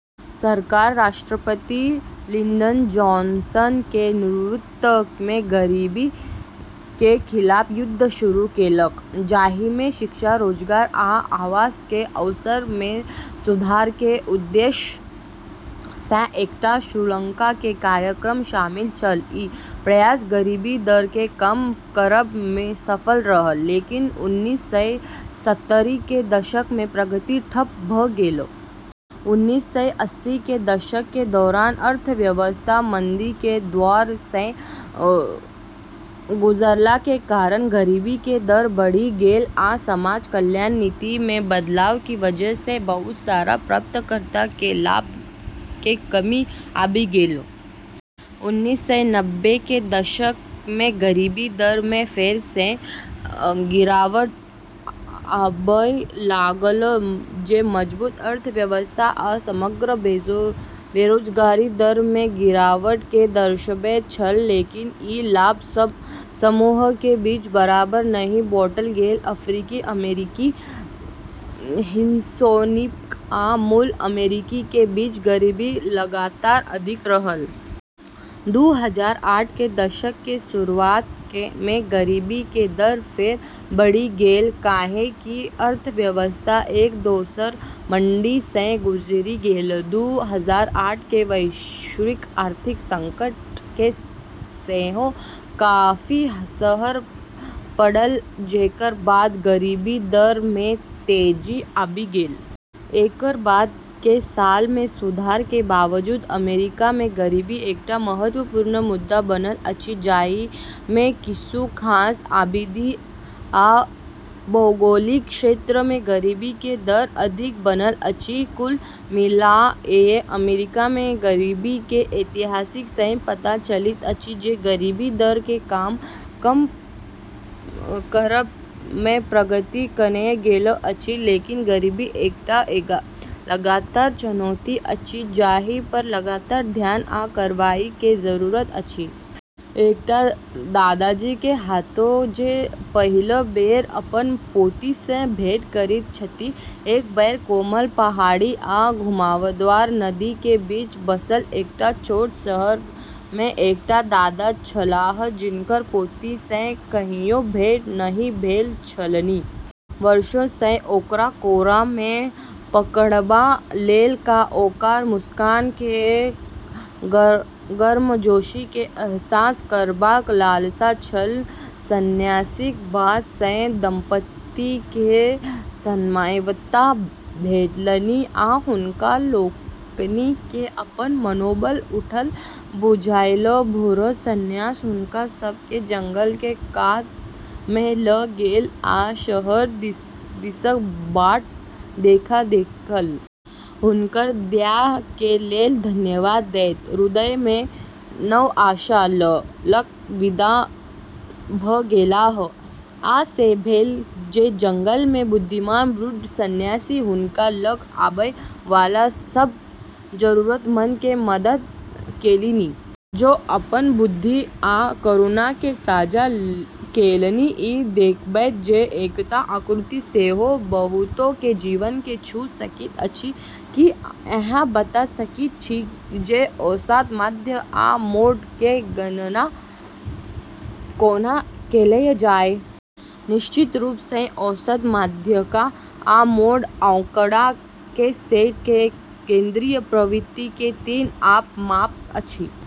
सरकार राष्ट्रपति Lyndon Johnson के नेतृत्व मे गरीबी के खिलाफ युद्ध शुरू केलक, जाहि मे शिक्षा, रोजगार, आ आवास के अवसर मे सुधार के उद्देश्य सँ एकटा श्रृंखला के कार्यक्रम शामिल छल। ई प्रयास गरीबी दर के कम करब मे सफल रहल, लेकिन उन्नीस सय सत्तरी के दशक मे प्रगति ठप भ गेल। उन्नीस सय अस्सी के दशक के दौरान अर्थव्यवस्था मंदी के दौर सँ गुजरला के कारण गरीबी के दर बढ़ि गेल आ समाज कल्याण नीति मे बदलाव के वजह सँ बहुत सारा प्राप्तकर्ता के लाभ मे कमी आबि गेल। उन्नीस सय नब्बे के दशक मे गरीबी दर मे फेर सँ गिरावट आबय लागल, जे मजबूत अर्थव्यवस्था आ समग्र बेरोजगारी दर मे गिरावट के दर्शबैत छल। लेकिन ई लाभ सब समूह के बीच बराबर नहि बाँटल गेल, अफ्रीकी अमेरिकी, हिस्पैनिक आ मूल अमेरिकी के बीच गरीबी लगातार अधिक रहल। दू हजार आठ के दशक के शुरुआत मे गरीबी के दर फेर बढ़ि गेल, काहे कि अर्थव्यवस्था एक दोसर मंदी सँ गुजरि गेल। दू हजार आठ के वैश्विक आर्थिक संकट के सेहो काफी असर पड़ल, जेकर बाद गरीबी दर मे तेजी आबि गेल। एकर बाद के साल मे सुधार के बावजूद, अमेरिका मे गरीबी एकटा महत्वपूर्ण मुद्दा बनल अछि, जाहि मे किछु खास आबादी आ भौगोलिक क्षेत्र मे गरीबी के दर अधिक बनल अछि। कुल मिला कए अमेरिका मे गरीबी के इतिहास सँ पता चलैत अछि जे गरीबी दर के कम करब मे प्रगति कएल गेल अछि, लेकिन गरीबी एकटा लगातार चुनौती अछि जाहि पर लगातार ध्यान आ कार्रवाई के जरूरत अछि। एकटा दादाजी के कथा जे पहिल बेर अपन पोती सँ भेंट करैत छथि। एक बेर कोमल पहाड़ी आ घुमावदार नदी के बीच बसल एकटा छोट शहर मे एकटा दादा छलाह जिनकर पोती सँ कहियो भेंट नहि भेल छलनि। वर्षो सँ ओकरा कोरा मे पकड़बा लेल आ ओकर मुस्कान के गर्मजोशी के अहसास करबाक लालसा छल। संन्यासीक बात सँ दंपति के सान्त्वना भेटलनि आ हुनका लोकनि के अपन मनोबल उठल बुझायल। भोरे संन्यासी हुनका सभ के जंगल के कात मे ल' गेल आ शहर दिसक बाट देखा देलक। हुनकर दया के लेल धन्यवाद दैत हृदय मे नव आशा ल' क' विदा भ गेलाह। आ से भेल जे जंगल मे बुद्धिमान बूढ़ संन्यासी हुनका लग आबय वाला सब जरूरतमंद के मदद केलनि। ओ अपन बुद्धि आ करुणा के साझा केलनि, ई देखबैत जे एकांत आकृति सेहो बहुतो के जीवन के छू सकैत अछि। की अहाँ बता सकैत छी जे औसत माध्य आ मोड के गणना कोना कएल जाय। निश्चित रूप सँ। औसत, माध्यिका, आ मोड आँकड़ा के सेट मे केंद्रीय प्रवृत्ति के तीन आम माप अछि।